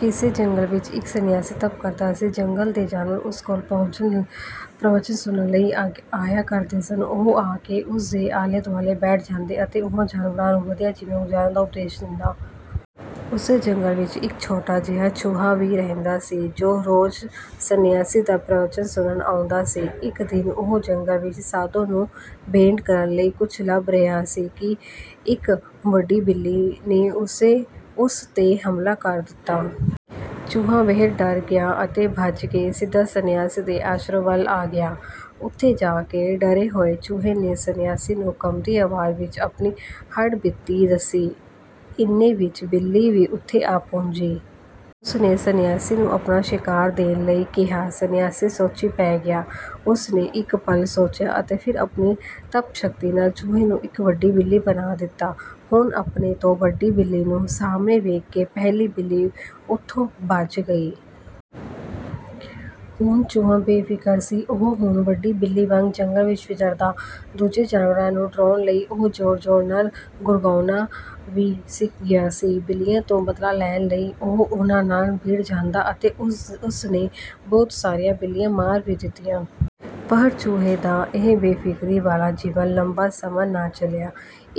ਕਿਸੇ ਜੰਗਲ ਵਿੱਚ ਇੱਕ ਸੰਨਿਆਸੀ ਤਪ ਕਰਦਾ ਸੀ। ਜੰਗਲ ਦੇ ਜਾਨਵਰ ਉਸ ਕੋਲ ਪ੍ਰਵਚਨ ਸੁਣਨ ਲਈ ਆਇਆ ਕਰਦੇ ਸਨ। ਉਹ ਆ ਕੇ ਉਸ ਦੇ ਆਲੇ-ਦੁਆਲੇ ਬੈਠ ਜਾਂਦੇ ਅਤੇ ਉਹ ਜਾਨਵਰਾਂ ਨੂੰ ਵਧੀਆ ਜੀਵਨ ਗੁਜ਼ਾਰਨ ਦਾ ਉਪਦੇਸ਼ ਦਿੰਦਾ। ਉਸੇ ਜੰਗਲ ਵਿੱਚ ਇੱਕ ਛੋਟਾ ਜਿਹਾ ਚੂਹਾ ਵੀ ਰਹਿੰਦਾ ਸੀ, ਜੋ ਰੋਜ਼ ਸੰਨਿਆਸੀ ਦਾ ਪ੍ਰਵਚਨ ਸੁਣਨ ਆਉਂਦਾ ਸੀ। ਇੱਕ ਦਿਨ ਉਹ ਜੰਗਲ ਵਿੱਚ ਸਾਧੂ ਨੂੰ ਭੇਂਟ ਕਰਨ ਲਈ ਕੁਝ ਲੱਭ ਰਿਹਾ ਸੀ ਕਿ ਇੱਕ ਵੱਡੀ ਬਿੱਲੀ ਨੇ ਉਸ 'ਤੇ ਹਮਲਾ ਕਰ ਦਿੱਤਾ। ਚੂਹਾ ਬੇਹੱਦ ਡਰ ਗਿਆ ਅਤੇ ਭੱਜ ਕੇ ਸਿੱਧਾ ਸੰਨਿਆਸੀ ਦੇ ਆਸ਼ਰਮ ਵੱਲ ਆ ਗਿਆ। ਉੱਥੇ ਜਾ ਕੇ ਡਰੇ ਹੋਏ ਚੂਹੇ ਨੇ ਸੰਨਿਆਸੀ ਨੂੰ ਕੰਬਦੀ ਆਵਾਜ਼ ਵਿੱਚ ਆਪਣੀ ਹੱਡ-ਬੀਤੀ ਦੱਸੀ। ਇੰਨੇ ਵਿੱਚ ਬਿੱਲੀ ਵੀ ਉੱਥੇ ਆ ਪੁੱਜੀ। ਉਸ ਨੇ ਸੰਨਿਆਸੀ ਨੂੰ ਆਪਣਾ ਸ਼ਿਕਾਰ ਦੇਣ ਲਈ ਕਿਹਾ। ਸੰਨਿਆਸੀ ਸੋਚੀਂ ਪੈ ਗਿਆ। ਉਸ ਨੇ ਇੱਕ ਪਲ ਸੋਚਿਆ ਅਤੇ ਫਿਰ ਆਪਣੀ ਤਪ-ਸ਼ਕਤੀ ਨਾਲ ਚੂਹੇ ਨੂੰ ਇੱਕ ਵੱਡੀ ਬਿੱਲੀ ਬਣਾ ਦਿੱਤਾ। ਹੁਣ ਆਪਣੇ ਤੋਂ ਵੱਡੀ ਬਿੱਲੀ ਨੂੰ ਸਾਹਮਣੇ ਵੇਖ ਕੇ ਪਹਿਲੀ ਬਿੱਲੀ ਉੱਥੋਂ ਭੱਜ ਗਈ। ਹੁਣ ਚੂਹਾ ਬੇਫ਼ਿਕਰ ਸੀ। ਉਹ ਹੁਣ ਵੱਡੀ ਬਿੱਲੀ ਵਾਂਗ ਜੰਗਲ ਵਿੱਚ ਵਿਚਰਦਾ। ਦੂਜੇ ਜਾਨਵਰਾਂ ਨੂੰ ਡਰਾਉਣ ਲਈ ਉਹ ਜ਼ੋਰ-ਜ਼ੋਰ ਨਾਲ ਗੁਰਰਾਉਣਾ ਵੀ ਸਿੱਖ ਗਿਆ ਸੀ। ਬਿੱਲੀਆਂ ਤੋਂ ਬਦਲਾ ਲੈਣ ਲਈ ਉਹ ਉਹਨਾਂ ਨਾਲ ਭਿੜ ਜਾਂਦਾ ਅਤੇ ਉਸ ਨੇ ਬਹੁਤ ਸਾਰੀਆਂ ਬਿੱਲੀਆਂ ਮਾਰ ਵੀ ਦਿੱਤੀਆਂ। ਪਰ ਚੂਹੇ ਦਾ ਇਹ ਬੇਫ਼ਿਕਰੀ ਵਾਲਾ ਜੀਵਨ ਲੰਮਾ ਸਮਾਂ ਨਾ ਚੱਲਿਆ।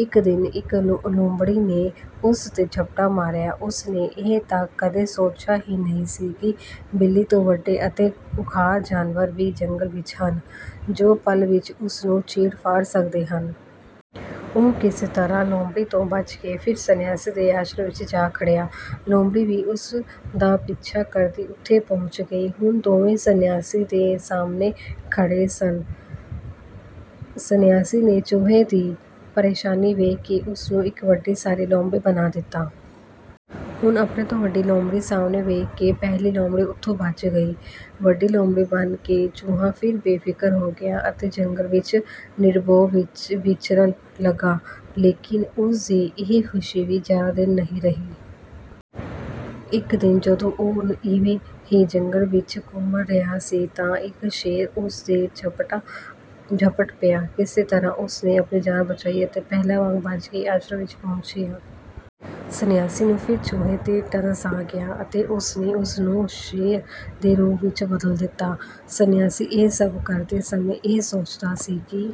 ਇੱਕ ਦਿਨ ਇੱਕ ਲੂੰਬੜੀ ਨੇ ਉਸ 'ਤੇ ਝਪੱਟਾ ਮਾਰਿਆ। ਉਸ ਨੇ ਇਹ ਤਾਂ ਕਦੇ ਸੋਚਿਆ ਹੀ ਨਹੀਂ ਸੀ ਕਿ ਬਿੱਲੀ ਤੋਂ ਵੱਡੇ ਅਤੇ ਖੁੰਖਾਰ ਜਾਨਵਰ ਵੀ ਜੰਗਲ ਵਿੱਚ ਹਨ, ਜੋ ਪਲ ਵਿੱਚ ਉਸ ਨੂੰ ਚੀਰ-ਫਾੜ ਸਕਦੇ ਹਨ। ਉਹ ਕਿਸੇ ਤਰ੍ਹਾਂ ਲੂੰਬੜੀ ਤੋਂ ਬਚ ਕੇ ਫਿਰ ਸੰਨਿਆਸੀ ਦੇ ਆਸ਼ਰਮ ਵਿੱਚ ਜਾ ਖੜਿਆ। ਲੂੰਬੜੀ ਵੀ ਉਸ ਦਾ ਪਿੱਛਾ ਕਰਦੀ ਉੱਥੇ ਪਹੁੰਚ ਗਈ। ਹੁਣ ਦੋਵੇਂ ਸੰਨਿਆਸੀ ਦੇ ਸਾਹਮਣੇ ਖੜ੍ਹੇ ਸਨ। ਸੰਨਿਆਸੀ ਨੇ ਚੂਹੇ ਦੀ ਪਰੇਸ਼ਾਨੀ ਵੇਖ ਕੇ ਉਸ ਨੂੰ ਇੱਕ ਵੱਡੀ ਸਾਰੀ ਲੂੰਬੜੀ ਬਣਾ ਦਿੱਤਾ। ਹੁਣ ਆਪਣੇ ਤੋਂ ਵੱਡੀ ਲੂੰਬੜੀ ਸਾਹਮਣੇ ਵੇਖ ਕੇ ਪਹਿਲੀ ਲੂੰਬੜੀ ਉੱਥੋਂ ਭੱਜ ਗਈ। ਵੱਡੀ ਲੂੰਬੜੀ ਬਣ ਕੇ ਚੂਹਾ ਫਿਰ ਬੇਫ਼ਿਕਰ ਹੋ ਗਿਆ ਅਤੇ ਜੰਗਲ ਵਿੱਚ ਨਿਰਭਉ ਵਿਚਰਨ ਲੱਗਾ। ਲੇਕਿਨ ਉਸ ਦੀ ਇਹ ਖ਼ੁਸ਼ੀ ਵੀ ਜ਼ਿਆਦਾ ਦਿਨ ਨਹੀਂ ਰਹੀ। ਇੱਕ ਦਿਨ ਜਦੋਂ ਉਹ ਇਵੇਂ ਹੀ ਜੰਗਲ ਵਿੱਚ ਘੁੰਮ ਰਿਹਾ ਸੀ ਤਾਂ ਇੱਕ ਸ਼ੇਰ ਉਸ 'ਤੇ ਝਪਟ ਪਿਆ। ਕਿਸੇ ਤਰ੍ਹਾਂ ਉਸ ਨੇ ਆਪਣੀ ਜਾਨ ਬਚਾਈ ਅਤੇ ਪਹਿਲਾਂ ਵਾਂਗ ਭੱਜ ਕੇ ਆਸ਼ਰਮ ਵਿੱਚ ਪਹੁੰਚਿਆ। ਸੰਨਿਆਸੀ ਨੂੰ ਫਿਰ ਚੂਹੇ 'ਤੇ ਤਰਸ ਆ ਗਿਆ ਅਤੇ ਉਸ ਨੇ ਉਸ ਨੂੰ ਸ਼ੇਰ ਦੇ ਰੂਪ ਵਿੱਚ ਬਦਲ ਦਿੱਤਾ। ਸੰਨਿਆਸੀ ਇਹ ਸਭ ਕਰਦੇ ਸਮੇਂ ਇਹ ਸੋਚਦਾ ਸੀ ਕਿ